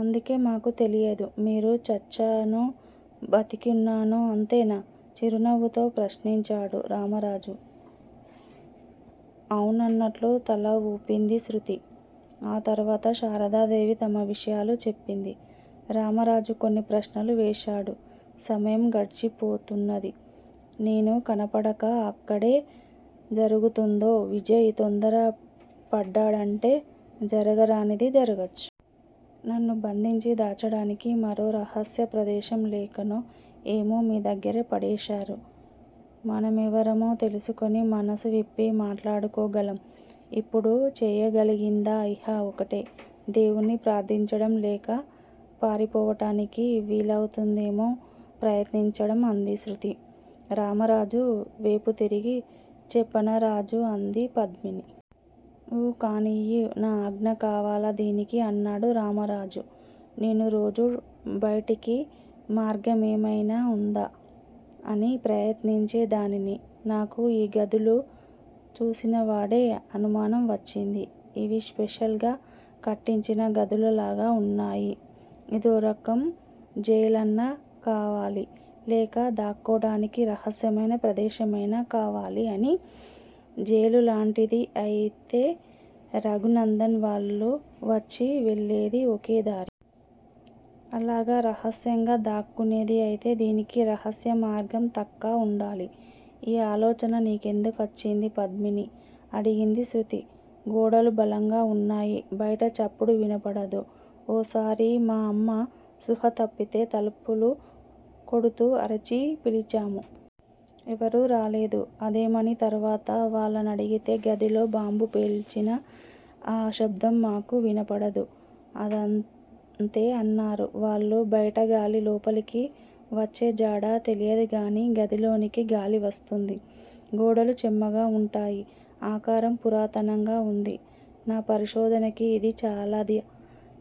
అందుకే మాకు తెలియదు, మీరు చచ్చానో బతికున్నానో అంతేనా? చిరునవ్వుతో ప్రశ్నించాడు రామరాజు. అవునన్నట్లు తలవూపింది శృతి ఆ తర్వాత శారదాదేవి తమ విషయాలు చెప్పింది. రామరాజు కొన్ని ప్రశ్నలు వేశాడు. సమయం గడిచిపోతున్నది. నేను కనపడక అక్కడేం జరుగుతుందో? విజయ్ తొందర పడ్డడంటే జరగరానిది జరగచ్చు. నన్ను బంధించి దాచడానికి మరో రహస్య ప్రదేశం లేకనో ఏమో మీదగ్గరే పడేశారు. మన మెవరమో తెలుసుకుని మనసువిప్పి మాట్లాడుకోగలం. ఇప్పుడు చేయగలిగిందా ఇహ ఒకటే. దేవుణ్ణి ప్రార్దించటం, లేక పారిపోవటానికి వీలవుతుందేమో ప్రయత్నించటం అంది శృతి. రామరాజు వేపు తిరిగి చెప్పనారాజూ? అంది పద్మిని. ఊ కానియ్యి. నా ఆజ్ఞ కావాలా దీనికి? అన్నాడు రామరాజు. నేను రోజూ బైటకి మార్గమేమయినా వుందా అని ప్రయత్నించేదానిని. నాకు ఈ గదులు చూసినవాడే అనుమానం వచ్చింది. ఇవి స్పెషల్ గా కట్టించిన గదులలాగా వున్నాయి. ఇదోరకంజైలన్నా కావాలి లేక దాక్కోటానికి రహస్యమైన ప్రదేశమైనా కావాలి అని జైలు లాంటిది అయితే రఘునందన్ వాళ్ళు వచ్చి వెళ్ళేది ఒకేదారి. అలాగా రహస్యంగా దాక్కునేది అయితే దీనికి రహస్య మార్గం తక్క వుండాలి ఈ ఆలోచన నీ కెందుకు వచ్చింది పద్మినీ! అడిగింది శృతి. గోడలు బలంగా వున్నాయి. బైట చప్పుడు వినపడదు ఓ సారి మా అమ్మ స్పృహ తప్పితే తలుపులు కొడుతూ అరచి పిలిచాము. ఎవరూ రాలేదు. అదేమని తర్వాత వాళ్ళనడిగితే గదిలో బాంబు పేల్చినా ఆ శబ్దం మాకు వినపడదు అదంతే అన్నారు వాళ్ళు. బైటగాలి లోపలికి వచ్చేజాడ తెలియదుగాని గదిలోకి గాలివస్తుంది. గోడలు చెమ్మగా వుంటాయి. ఆకారం పురాతనంగా వుంది. నా పరిశోధనకి ఇది చాలాది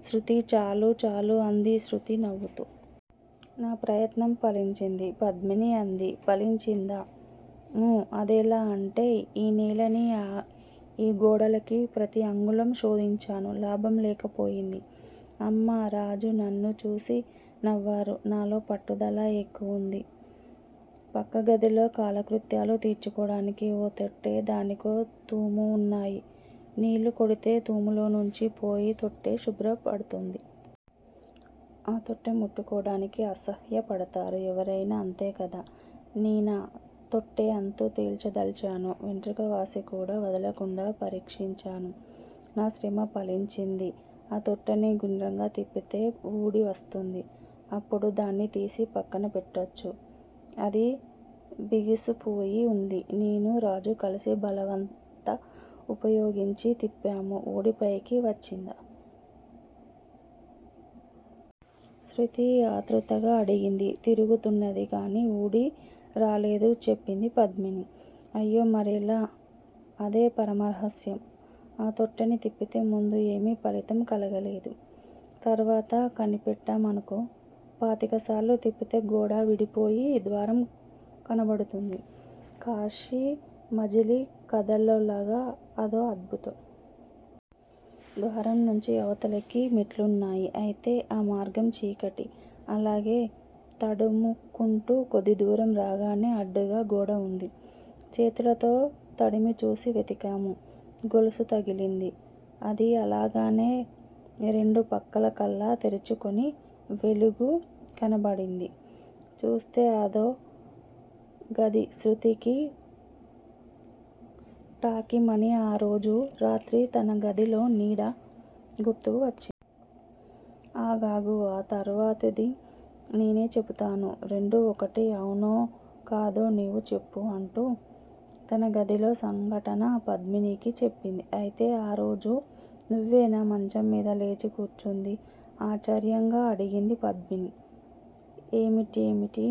శృతీ. చాలు చాలు అంది శృతి నవ్వుతూ! నా ప్రయత్నం ఫలించింది. పద్మిని అంది. ఫలించిందా? ఊ అదెలా అంటే ఈ నేలని, ఆ ఈ గోడలకి ప్రతి అంగుళం శోధించాను. లాభం లేకపోయింది. అమ్మ, రాజు నన్నుచూసి నవ్వారు. నాలో పట్టుదల ఎక్కువయింది. పక్కగదిలో కాలకృత్యాలు తీర్చుకోటానికి ఓ తొట్టె, దానికో తూము వున్నాయి నీళ్ళు కొడితే తూములోంచి పోయి తొట్టె శుభ్రపడుతుంది. ఆ తొట్టె ముట్టుకోటానికి అసహ్యపడతారు ఎవరయినా, అంతేకదా నేనా తొట్టె అంతు తెల్చదలిచాను. వెంట్రుకవాసికూడా వదలకుండా పరీక్షించాను. నా శ్రమ ఫలించింది. ఆ తొట్టెని గుండ్రంగా తిప్పితే వూడివస్తుంది. అప్పుడు దాన్ని తీసి పక్కన పెట్టవచ్చు అది బిగుసుపోయి వుంది. నేను రాజు కలసి బలమంతా వుపయోగించి తిప్పాము ఊడి పైకి వచ్చిందా! శృతి ఆతృతగా అడిగింది. తిరుగుతున్నది గాని వూడిరాలేదు చెప్పింది పద్మిని. అయ్యో, మరెలా? అదే పరమ రహస్యం. ఆ తొట్టెని తిప్పితే ముందు ఏమీ ఫలితం కలగలేదు. తర్వాత కనిపెట్టామనుకో, పాతిక సార్లు తిప్పితే గోడ విడిపోయి ద్వారం కనబడుతుంది. కాశీమజిలీ కథల్లోలాగా అదో అద్భుతం. ద్వారం నుంచి అవతలికి మెట్లున్నాయి. అయితే ఆ మార్గం చీకటి. అలాగే తడుముకుంటూ కొద్దిదూరం రాగానే అడ్డుగా గోడవుంది. చేతులతో తడిమిచూసి వెతికాము. గొలుసు తగిలింది. అది లాగగానే రెండు పలకల్లా తెరుచుకుని వెలుగు కనపడింది. చూస్తె అదో గది శృతికి టాకీమని ఆ రోజు రాత్రి తన గదిలో నీడ గుర్తుకు వచ్చింది. ఆగాగు. ఆ తర్వాతది నే నే చెపుతాను, రెండూ ఒకటి అవునోకాదో నీవు చెప్పు. అంటూ తన గదిలో సంఘటన పద్మినికి చెప్పింది. అయితే, ఆ రోజు నువ్వేనా మంచంమీద లేచి కూర్చుంది? ఆశ్చర్యంగా అడిగింది పద్మిని. ఏమిటీమిటీ?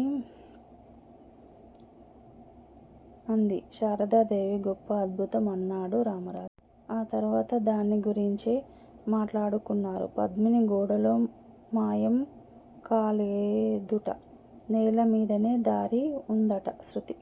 అంది శారదాదేవి. గొప్ప అద్భుతం. అన్నాడు రామరాజు. ఆ తర్వాత దాన్ని గురించే మాట్లాడుకున్నారు. పద్మిని గోడలో మాయం కాలేదుట. నేలమీదనే దారి వుందట. శృతి